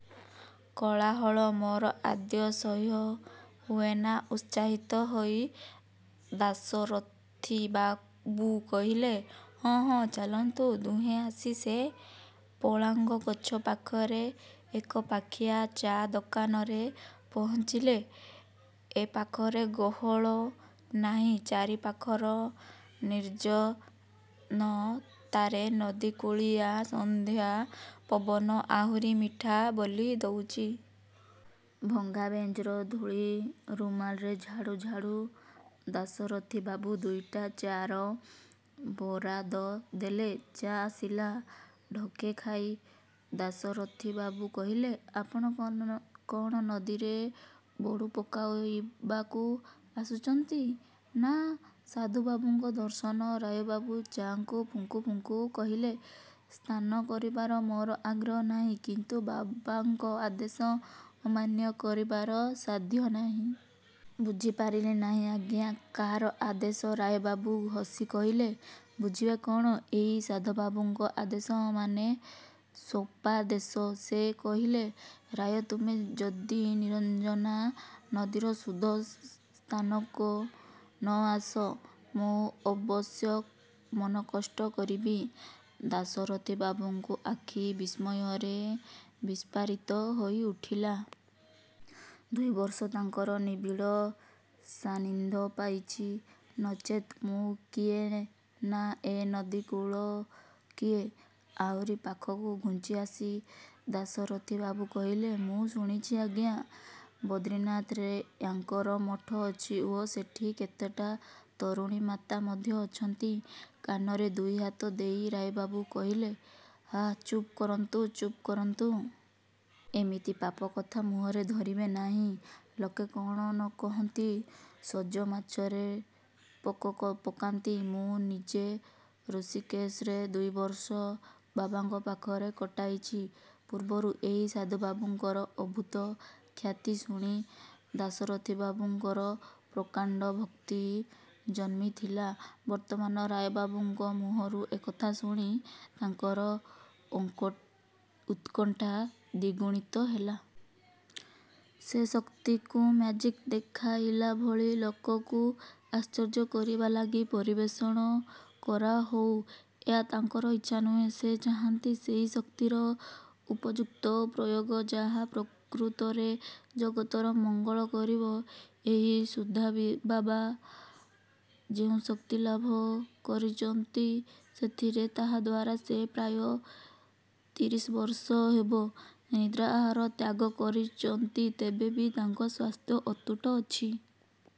କୋଳାହଳ ମୋର ଆଦୌ ସହ୍ୟ ହୁଏନା। ଉତ୍ସାହିତ ହୋଇ ଦାଶରଥିବାବୁ କହିଲେ ହଁ ହଁ ଚାଲନ୍ତୁ। ଦୁହେଁ ଆସି ସେ ପୋଲାଙ୍ଗ ଗଛ ପାଖରେ ଏକପାଖିଆ ଚା ଦୋକାନରେ ପହଞ୍ଚିଲେ। ଏପାଖରେ ଗହଳ ନାଇଁ ଚାରିପାଖର ନିର୍ଜନତାରେ ନଦୀକୂଳିଆ ସନ୍ଧ୍ୟା ପବନ ଆହୁରି ମିଠା ବୋଳି ଦଉଚି। ଭଙ୍ଗା ବେଞ୍ଚର ଧୂଳି ରୁମାଲରେ ଝାଡ଼ୁ ଝାଡ଼ୁ ଦାଶରଥିବାବୁ ଦୁଇଟା ଚା ର ବରାଦ ଦେଲେ। ଚା ଆସିଲା। ଢୋକେ ଖାଇ ଦାଶରଥିବାବୁ କହିଲେ ଆପଣ କଣ ନଦୀରେ ବୁଡ଼ ପକାଇବାକୁ ଆସୁଚନ୍ତି ନାଁ ସାଧୁବାବାଙ୍କ ଦର୍ଶନ ରାୟବାବୁ ଚା'କୁ ଫୁଙ୍କୁ ଫୁଙ୍କୁ କହିଲେ ସ୍ନାନ କରିବାର ମୋର ଆଗ୍ରହ ନାହିଁ କିନ୍ତୁ ବାବାଙ୍କ ଆଦେଶ ଅମାନ୍ୟ କରିବାର ସାଧ୍ୟ ନାହିଁ। ବୁଝି ପାରିଲି ନାହିଁ ଆଜ୍ଞା କାହାର ଆଦେଶ ରାୟବାବୁ ହସି କହିଲେ ବୁଝିବେ କଣ ଏଇ ସାଧୁବାବାଙ୍କ ଆଦେଶ ମାନେ ସ୍ୱପ୍ନାଦେଶ। ସେ କହିଲେ ରାୟ ତୁମେ ଯଦି ନିରଞ୍ଜନା ନଦୀର ଶୁଦ୍ଧ ସ୍ନାନକୁ ନ ଆସ ମୁଁ ଅବଶ୍ୟ ମନକଷ୍ଟ କରିବି। ଦାଶରଥିବାବୁଙ୍କ ଆଖି ବିସ୍ମୟରେ ବିସ୍ଫାରିତ ହୋଇ ଉଠିଲା। ଦୁଇ ବର୍ଷ ତାଙ୍କର ନିବିଡ଼ ସାଧ୍ୟ ପାଇଚି। ନଚେତ୍ ମୁଁ କିଏ ନାଁ ଏ ନଦୀକୂଳ କିଏ? ଆହୁରି ପାଖକୁ ଘୁଞ୍ଚିଆସି ଦାଶରଥିବାବୁ କହିଲେ ମୁଁ ଶୁଣିଚି ଆଜ୍ଞା ବଦ୍ରିନାଥରେ ୟାଙ୍କର ମଠ ଅଛି ଓ ସେଠି କେତେଟା ତରୁଣୀ ମାତା ମଧ୍ୟ ଅଛନ୍ତି? କାନରେ ଦୁଇହାତ ଦେଇ ରାୟବାବୁ କହିଲେ ଆଃ ଚୁପ୍ କରନ୍ତୁ ଚୁପ୍ କରନ୍ତୁ। ଏମିତି ପାପ କଥା ମୁହଁରେ ଧରିବେ ନାହିଁ। ଲୋକେ କ'ଣ ନ କହନ୍ତି? ସଜମାଛରେ ପୋକ ପକାନ୍ତି। ମୁଁ ନିଜେ ଋଷିକେଶରେ ଦୁଇବର୍ଷ ବାବାଙ୍କ ପାଖରେ କଟାଇଛି। ପୂର୍ବରୁ ଏହି ସାଧୁବାବାଙ୍କର ଅଦ୍ଭୁତ ଖ୍ୟାତି ଶୁଣି ଦାଶରଥିବାବୁଙ୍କର ପ୍ରକାଣ୍ଡ ଭକ୍ତି ଜନ୍ମିଥିଲା। ବର୍ତ୍ତମାନ ରାୟବାବୁଙ୍କ ମୁହଁରୁ ଏକଥା ଶୁଣି ତାଙ୍କର ଉତ୍କଣ୍ଠା ଦ୍ଵିଗୁଣିତ ହେଲା। ସେ ଶକ୍ତିକୁ ମ୍ୟାଜିକ ଦେଖାଇଲା ଭଳି ଲୋକକୁ ଆଶ୍ଚର୍ଯ୍ୟ କରିବା ଲାଗି ପରିବେଷଣ କରାହଉ ଏହା ତାଙ୍କର ଇଚ୍ଛା ନୁହେଁ। ସେ ଚାହାନ୍ତି ସେହି ଶକ୍ତିର ଉପଯୁକ୍ତ ପ୍ରୟୋଗ ଯାହା ପ୍ରକୃତରେ ଜଗତର ମଙ୍ଗଳ କରିବ। ଏ ସୁଦ୍ଧାବାବା ଯେଉଁ ଶକ୍ତି ଲାଭ କରିଚନ୍ତି ସେଥିରେ ତାହାଦ୍ୱାରା ସେ ପ୍ରାୟ ତିରିଶ ବର୍ଷ ହେବ ନିଦ୍ରା ଆହାର ତ୍ୟାଗ କରିଚନ୍ତି ତେବେ ବି ତାଙ୍କ ସ୍ୱାସ୍ଥ୍ୟ ଅତୁଟ ଅଛି।